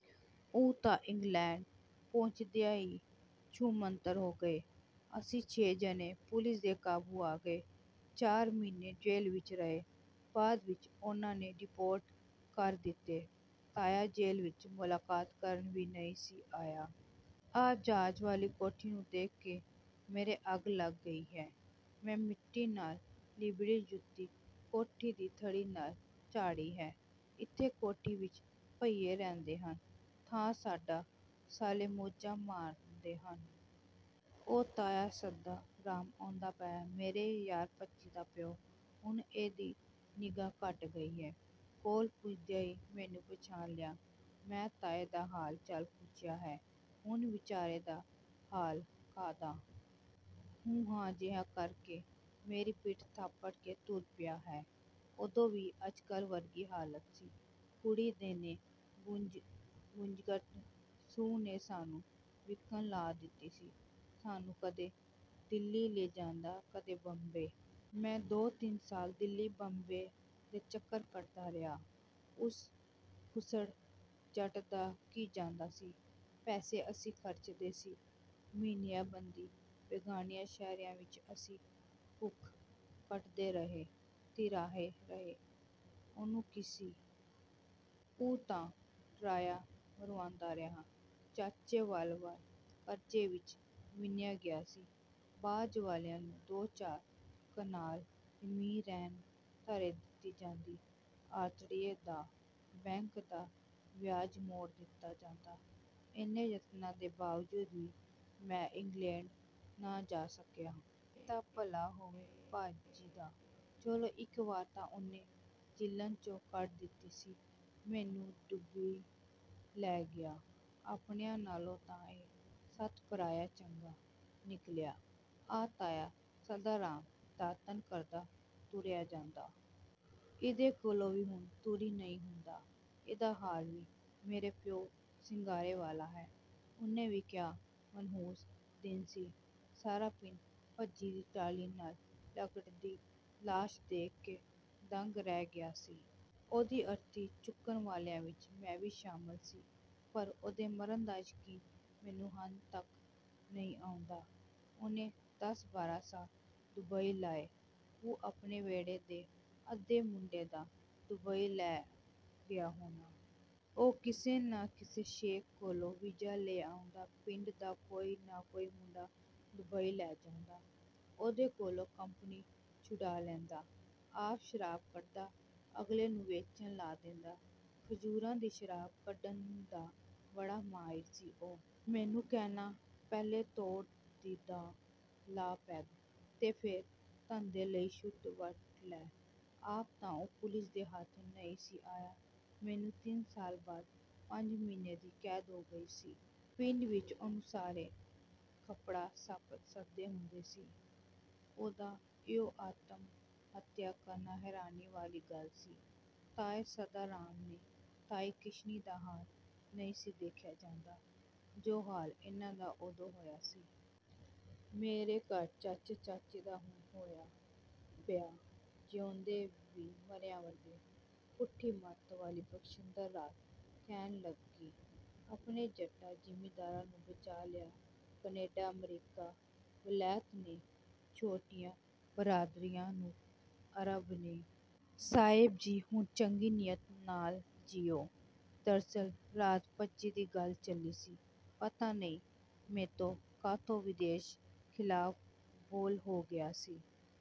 ਉਹ ਤਾਂ ਇੰਗਲੈਂਡ ਪੁੱਜਦਿਆਂ ਈ ਛੂ-ਮੰਤਰ ਹੋ ਗਏ। ਅਸੀਂ ਛੇ ਜਣੇ ਪੁਲਿਸ ਦੇ ਕਾਬੂ ਆ ਗਏ। ਚਾਰ ਮਹੀਨੇ ਜੇਲ੍ਹ ਵਿੱਚ ਰਹੇ। ਬਾਅਦ ਵਿੱਚ ਉਨ੍ਹਾਂ ਨੇ ਡੀਪੋਰਟ ਕਰ ਦਿੱਤੇ। ਤਾਇਆ ਜੇਲ੍ਹ ਵਿੱਚ ਮੁਲਾਕਾਤ ਕਰਨ ਵੀ ਨਈਂ ਸੀ ਆਇਆ। ਆਹ ਜਹਾਜ਼ ਵਾਲੀ ਕੋਠੀ ਨੂੰ ਦੇਖ ਕੇ ਮੇਰੇ ਅੱਗ ਲੱਗ ਗਈ ਹੈ। ਮੈਂ ਮਿੱਟੀ ਨਾਲ ਲਿਬੜੀ ਜੁੱਤੀ ਕੋਠੀ ਦੀ ਥੜ੍ਹੀ ਨਾਲ ਝਾੜੀ ਹੈ। ਇੱਥੇ ਕੋਠੀ ਵਿੱਚ ਭਈਏ ਰਹਿੰਦੇ ਹਨ। ਥਾਂ ਸਾਡਾ…। ਸਾਲੇ ਮੌਜਾਂ ਮਾਣਦੇ ਹਨ। ਉਹ ਤਾਇਆ ਸਦਾ ਰਾਮ ਆਉਂਦਾ ਪਿਆ। ਮੇਰੇ ਯਾਰ ਭੱਜੀ ਦਾ ਪਿਓ। ਹੁਣ ਇਹਦੀ ਨਿਗ੍ਹਾ ਘੱਟ ਗਈ ਹੈ। ਕੋਲ ਪੁੱਜਦਿਆਂ ਹੀ ਮੈਨੂੰ ਪਛਾਣ ਲਿਆ। ਮੈਂ ਤਾਏ ਦਾ ਹਾਲ ਚਾਲ ਪੁੱਛਿਆ ਹੈ। ਹੁਣ ਵਿਚਾਰੇ ਦਾ ਹਾਲ ਕਾਹਦਾ। 'ਹੂੰ-ਹਾਂ' ਜਿਹਾ ਕਰਕੇ ਮੇਰੀ ਪਿੱਠ ਥਾਪੜ ਕੇ ਤੁਰ ਪਿਆ ਹੈ। ਉਦੋਂ ਵੀ ਅੱਜ ਕੱਲ੍ਹ ਵਰਗੀ ਹਾਲਤ ਸੀ। ਕੁੜੀ ਦੇਣੇ… ਗੁਰਜੰਟ ਸੁੰਹ ਨੇ ਸਾਨੂੰ ਵਿਕਣ ਲਾ ਦਿੱਤਾ ਸੀ। ਸਾਨੂੰ ਕਦੇ ਦਿੱਲੀ ਲੈ ਜਾਂਦਾ, ਕਦੇ ਬੰਬੇ। ਮੈਂ ਦੋ-ਤਿੰਨ ਸਾਲ ਦਿੱਲੀ-ਬੰਬੇ ਦੇ ਚੱਕਰ ਕੱਟਦਾ ਰਿਹਾ। ਉਸ ਖੁੱਸੜ ਜੱਟ ਦਾ ਕੀ ਜਾਂਦਾ ਸੀ। ਪੈਸੇ ਅਸੀਂ ਖਰਚਦੇ ਸੀ। ਮਹੀਨਿਆਂ ਬੱਧੀ ਬੇਗਾਨਿਆਂ ਸ਼ਹਿਰਾਂ ਵਿੱਚ ਅਸੀਂ ਭੁੱਖਾਂ ਕੱਟਦੇ ਰਹੇ, ਤਿਰਹਾਏ ਰਹੇ, ਉਹਨੂੰ ਕੀ ਸੀ? ਉਹ ਤਾਂ ਟਰਾਈਆਂ ਮਰਵਾਉਂਦਾ ਰਿਹਾ। ਚਾਚੇ ਦਾ ਵਾਲ-ਵਾਲ ਕਰਜ਼ੇ ਵਿੱਚ ਵਿਨ੍ਹਿਆਂ ਗਿਆ ਸੀ। ਬਾਜ਼ ਵਾਲਿਆਂ ਨੂੰ ਦੋ ਚਾਰ ਕਨਾਲ ਜ਼ਮੀਨ ਗਹਿਣੇ ਧਰ ਦਿੱਤੀ ਜਾਂਦੀ। ਆੜ੍ਹਤੀਏ ਦਾ… ਬੈਂਕ ਦਾ ਵਿਆਜ਼ ਮੋੜ ਦਿੱਤਾ ਜਾਂਦਾ। ਐਨੇ ਯਤਨਾਂ ਦੇ ਬਾਵਜੂਦ ਵੀ ਮੈਂ ਇੰਗਲੈਂਡ ਨਾ ਜਾ ਸਕਿਆ। ਇਹ ਤੇ ਭਲਾ ਹੋਵੇ ਭੱਜੀ ਦਾ। ਚਲੋ ਇੱਕ ਵਾਰ ਤਾਂ ਉਹਨੇ ਜਿੱਲਣ੍ਹ 'ਚੋਂ ਕੱਢ ਦਿੱਤਾ ਸੀ। ਮੈਨੂੰ ਡੁਬਈ ਲੈ ਗਿਆ। ਆਪਣਿਆਂ ਨਾਲੋਂ ਤਾਂ ਇਹ ਸੱਤ ਪਰਾਇਆ ਚੰਗਾ ਨਿਕਲਿਆ। ਆਹ ਤਾਇਆ ਸਦਾ ਰਾਮ ਦਾਤਣ ਕਰਦਾ ਤੁਰਿਆ ਜਾਂਦਾ। ਇਹਦੇ ਕੋਲੋਂ ਵੀ ਹੁਣ ਤੁਰ ਨਈਂ ਹੁੰਦਾ। ਇਹਦਾ ਹਾਲ ਵੀ ਮੇਰੇ ਪਿਓ ਸ਼ਿੰਗਾਰੇ ਵਾਲਾ ਹੈ। ਉਹ ਵੀ ਕੇਹਾ ਮਨਹੂਸ ਦਿਨ ਸੀ। ਸਾਰਾ ਪਿੰਡ ਭੱਜੀ ਦੀ ਟਾਹਲੀ ਨਾਲ ਲਟਕਦੀ ਲਾਸ਼ ਦੇਖ ਕੇ ਦੰਗ ਰਹਿ ਗਿਆ ਸੀ। ਉਹਦੀ ਅਰਥੀ ਚੁੱਕਣ ਵਾਲਿਆਂ ਵਿੱਚ ਮੈਂ ਵੀ ਸ਼ਾਮਿਲ ਸੀ। ਪਰ ਉਹਦੇ ਮਰਨ ਦਾ ਯਕੀਨ ਮੈਨੂੰ ਹੁਣ ਤੱਕ ਵੀ ਨਈਂ ਆਉਂਦਾ। ਉਹਨੇ ਦਸ-ਬਾਰ੍ਹਾਂ ਸਾਲ ਡੁਬਈ ਲਾਏ। ਉਹ ਆਪਣੇ ਵਿਹੜੇ ਦੇ ਅੱਧੇ ਮੁੰਡੇ ਤਾਂ ਡੁਬਈ ਲੈ ਗਿਆ ਹੋਣਾ। ਉਹ ਕਿਸੇ ਨਾ ਕਿਸੇ ਸ਼ੇਖ ਕੋਲੋਂ ਵੀਜ਼ਾ ਲੈ ਆਉਂਦਾ। ਪਿੰਡ ਦਾ ਕੋਈ ਨਾ ਕੋਈ ਮੁੰਡਾ ਦੁਬਈ ਲੈ ਜਾਂਦਾ। ਉਹਦੇ ਕੋਲੋਂ ਕੰਪਨੀ ਛੁਡਾ ਲੈਂਦਾ। ਆਪ ਸ਼ਰਾਬ ਕੱਢਦਾ। ਅਗਲੇ ਨੂੰ ਵੇਚਣ ਲਾ ਲੈਂਦਾ। ਖਜ਼ੂਰਾਂ ਦੀ ਸ਼ਰਾਬ ਕੱਢਣ ਦਾ ਬੜਾ ਮਾਹਿਰ ਸੀ ਉਹ। ਮੈਨੂੰ ਕਹਿਣਾ… "ਪਹਿਲੇ ਤੋੜ ਦੀ ਦਾ ਲਾ ਪੈੱਗ। ਤੇ ਫੇਰ ਧੰਦੇ ਲਈ ਸ਼ੂਟ ਵੱਟ ਲੈ। " ਆਪ ਤਾਂ ਉਹ ਪੁਲਿਸ ਦੇ ਹੱਥ ਨਈਂ ਸੀ ਆਇਆ। ਮੈਨੂੰ ਤਿੰਨ ਸਾਲ ਬਾਅਦ ਪੰਜ ਮਹੀਨੇ ਦੀ ਕੈਦ ਹੋ ਗਈ ਸੀ। ਪਿੰਡ ਵਿੱਚ ਉਹਨੂੰ ਸਾਰੇ 'ਖੜੱਪਾ ਸੱਪ' ਸੱਦਦੇ ਹੁੰਦੇ ਸੀ। ਉਹਦਾ ਇਉਂ ਆਤਮ-ਹੱਤਿਆ ਕਰਨਾ ਹੈਰਾਨੀ ਵਾਲੀ ਗੱਲ ਸੀ। ਤਾਏ ਸਦਾ ਰਾਮ ਤੇ ਤਾਈ ਕਿਸ਼ਨੀ ਦਾ ਹਾਲ ਨਈਂ ਸੀ ਦੇਖਿਆ ਜਾਂਦਾ। ਜੋ ਹਾਲ ਇਨ੍ਹਾਂ ਦਾ ਉਦੋਂ ਹੋਇਆ ਸੀ। ਮੇਰੇ ਘਰ ਚਾਚੇ ਚਾਚੀ ਦਾ ਹੁਣ ਹੋਇਆ ਪਿਆ। ਜੀਉਂਦੇ ਵੀ ਮਰਿਆਂ ਵਰਗੇ। ਪੁੱਠੀ ਮੱਤ ਵਾਲੀ ਬਖਸ਼ਿੰਦਰ ਰਾਤ ਕਹਿਣ ਲੱਗੀ। "ਆਪਣੇ ਜੱਟਾਂ ਜ਼ਿਮੀਦਾਰਾਂ ਨੂੰ ਬਚਾਅ ਲਿਆ ਕਨੈਡਾ, ਅਮਰੀਕਾ, ਵਲੈਤ ਨੇ। ਛੋਟੀਆਂ ਬਰਾਦਰੀਆਂ ਨੂੰ ਅਰਬ ਨੇ।… ਸਾਹਿਬ ਜੀ, ਹੁਣ ਚੰਗੀ ਨੀਅਤ ਨਾਲ ਜਾਇਓ। " ਦਰਅਸਲ ਰਾਤ ਭੱਜੀ ਦੀ ਗੱਲ ਚੱਲੀ ਸੀ। ਪਤਾ ਨਈਂ ਮੈਤੋਂ ਕਾਹਤੋਂ ਵਿਦੇਸ਼ ਜਾਣ ਖਿਲਾਫ਼ ਬੋਲ ਹੋ ਗਿਆ ਸੀ।